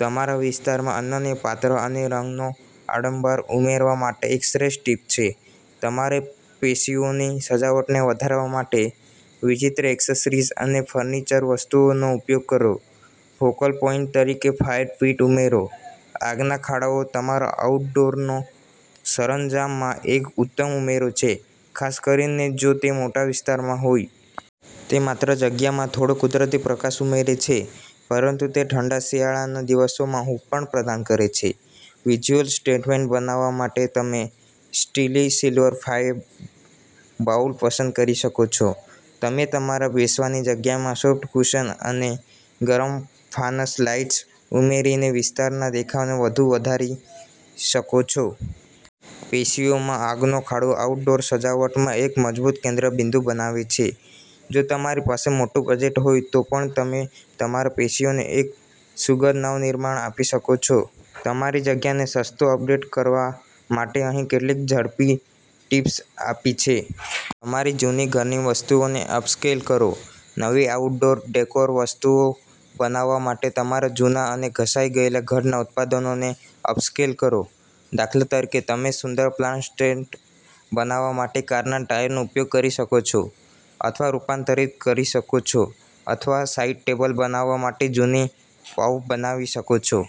તમારા વિસ્તારમાં અનન્ય પાત્ર અને રંગનો આડંબર ઉમેરવા માટે એક શ્રેષ્ઠ ટીપ્સ છે. તમારા પેશિયોની સજાવટને વધારવા માટે વિચિત્ર એક્સેસરીઝ અને ફર્નિચર વસ્તુઓનો ઉપયોગ કરો. ફોકલ પોઈન્ટ તરીકે ફાયર પીટ ઉમેરો .આગના ખાડાઓ તમારા આઉટડોર સરંજામમાં એક ઉત્તમ ઉમેરો છે ખાસ કરીને જો તે મોટો વિસ્તાર હોય. તે માત્ર જગ્યામાં થોડો કુદરતી પ્રકાશ ઉમેરે છે પરંતુ તે ઠંડા શિયાળાના દિવસોમાં હૂંફ પણ પ્રદાન કરે છે. વિઝ્યુઅલ સ્ટેટમેન્ટ બનાવવા માટે તમે સ્ટીલી સિલ્વર ફાયર બાઉલ પસંદ કરી શકો છો. તમે તમારા બેસવાની જગ્યામાં સોફ્ટ કુશન અને ગરમ ફાનસ લાઇટ્સ ઉમેરીને વિસ્તારના દેખાવને વધુ વધારી શકો છો. પેશિયોમાં આગનો ખાડો આઉટડોર સજાવટમાં એક મજબૂત કેન્દ્રબિંદુ બનાવે છે. જો તમારી પાસે મોટું બજેટ હોય તો પણ તમે તમારા પેશિયોને એક સુખદ નવનિર્માણ આપી શકો છો. તમારી જગ્યાને સસ્તું અપડેટ કરવા માટે અહીં કેટલીક ઝડપી ટીપ્સ આપી છે. તમારી જૂની ઘરની વસ્તુઓને અપસ્કેલ કરો. નવી આઉટડોર ડેકોર વસ્તુઓ બનાવવા માટે તમારા જૂના અને ઘસાઈ ગયેલા ઘરના ઉત્પાદનોને અપસ્કેલ કરો. દાખલા તરીકે, તમે સુંદર પ્લાન્ટ સ્ટેન્ડ બનાવવા માટે કારના ટાયરનો ઉપયોગ કરી શકો છો અથવા રૂપાંતરિત કરી શકો છો અથવા સાઇડ ટેબલ બનાવવા માટે જૂની પાઉફ બનાવી શકો છો.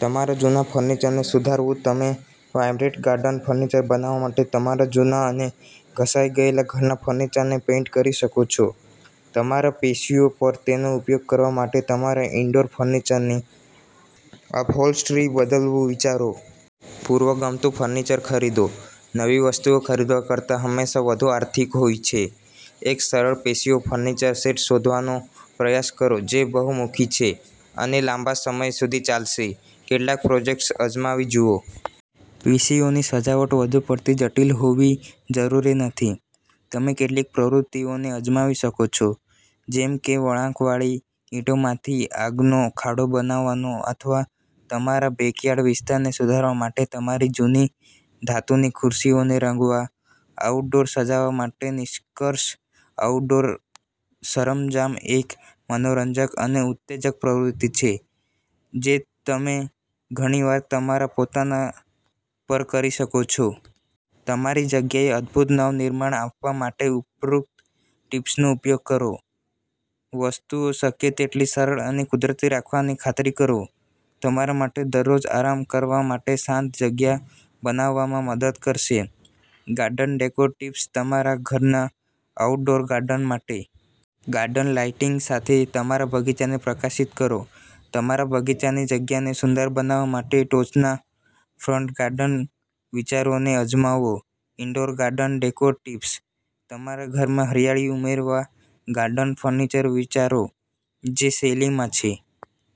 તમારા જૂના ફર્નિચરને સુધારવું તમે વાઇબ્રન્ટ ગાર્ડન ફર્નિચર બનાવવા માટે તમારા જૂના અને ઘસાઈ ગયેલા ઘરના ફર્નિચરને પેઇન્ટ કરી શકો છો. તમારા પેશિયો પર તેનો ઉપયોગ કરવા માટે તમારા ઇન્ડોર ફર્નિચરની અપહોલ્સ્ટરી બદલવાનું વિચારો. પૂર્વ ગમતું ફર્નિચર ખરીદો. નવી વસ્તુઓ ખરીદવા કરતાં હંમેશા વધુ આર્થિક હોય છે. એક સરળ પેશિયો ફર્નિચર સેટ શોધવાનો પ્રયાસ કરો જે બહુમુખી છે અને લાંબા સમય સુધી ચાલશે. કેટલાક પ્રોજેક્ટ્સ અજમાવી જુઓ. પેશિયોની સજાવટ વધુ પડતી જટિલ હોવી જરૂરી નથી. તમે કેટલીક પ્રવૃત્તિઓને અજમાવી શકો છો જેમ કે વળાંકવાળી ઇંટોમાંથી આગનો ખાડો બનાવવો અથવા તમારા બેકયાર્ડ વિસ્તારને સુધારવા માટે તમારી જૂની ધાતુની ખુરશીઓને રંગવા. આઉટડોર સજાવટ માટે નિષ્કર્ષ આઉટડોર સરંજામએક મનોરંજક અને ઉત્તેજક પ્રવૃત્તિ છે જે તમે ઘણીવાર તમારા પોતાના પર કરી શકો છો. તમારી જગ્યાને અદભૂત નવનિર્માણ આપવા માટે ઉપરોક્ત ટીપ્સનો ઉપયોગ કરો. વસ્તુઓ શક્ય તેટલી સરળ અને કુદરતી રાખવાની ખાતરી કરો. તમારા માટે દરરોજ આરામ કરવા માટે શાંત જગ્યા બનાવવામાં મદદ કરશે. ગાર્ડન ડેકોર ટિપ્સ તમારા ઘરના આઉટડોર ગાર્ડન માટે. ગાર્ડન લાઇટિંગ સાથે તમારા બગીચાને પ્રકાશિત કરો. તમારા બગીચાની જગ્યાને સુંદર બનાવવા માટે ટોચના ફ્રન્ટ ગાર્ડન વિચારોને અજમાવો. Indoor garden decor tips. તમારા ઘરમાં હરિયાળી ઉમેરવા ગાર્ડન ફર્નિચર વિચારો જે શૈલીમાં છે.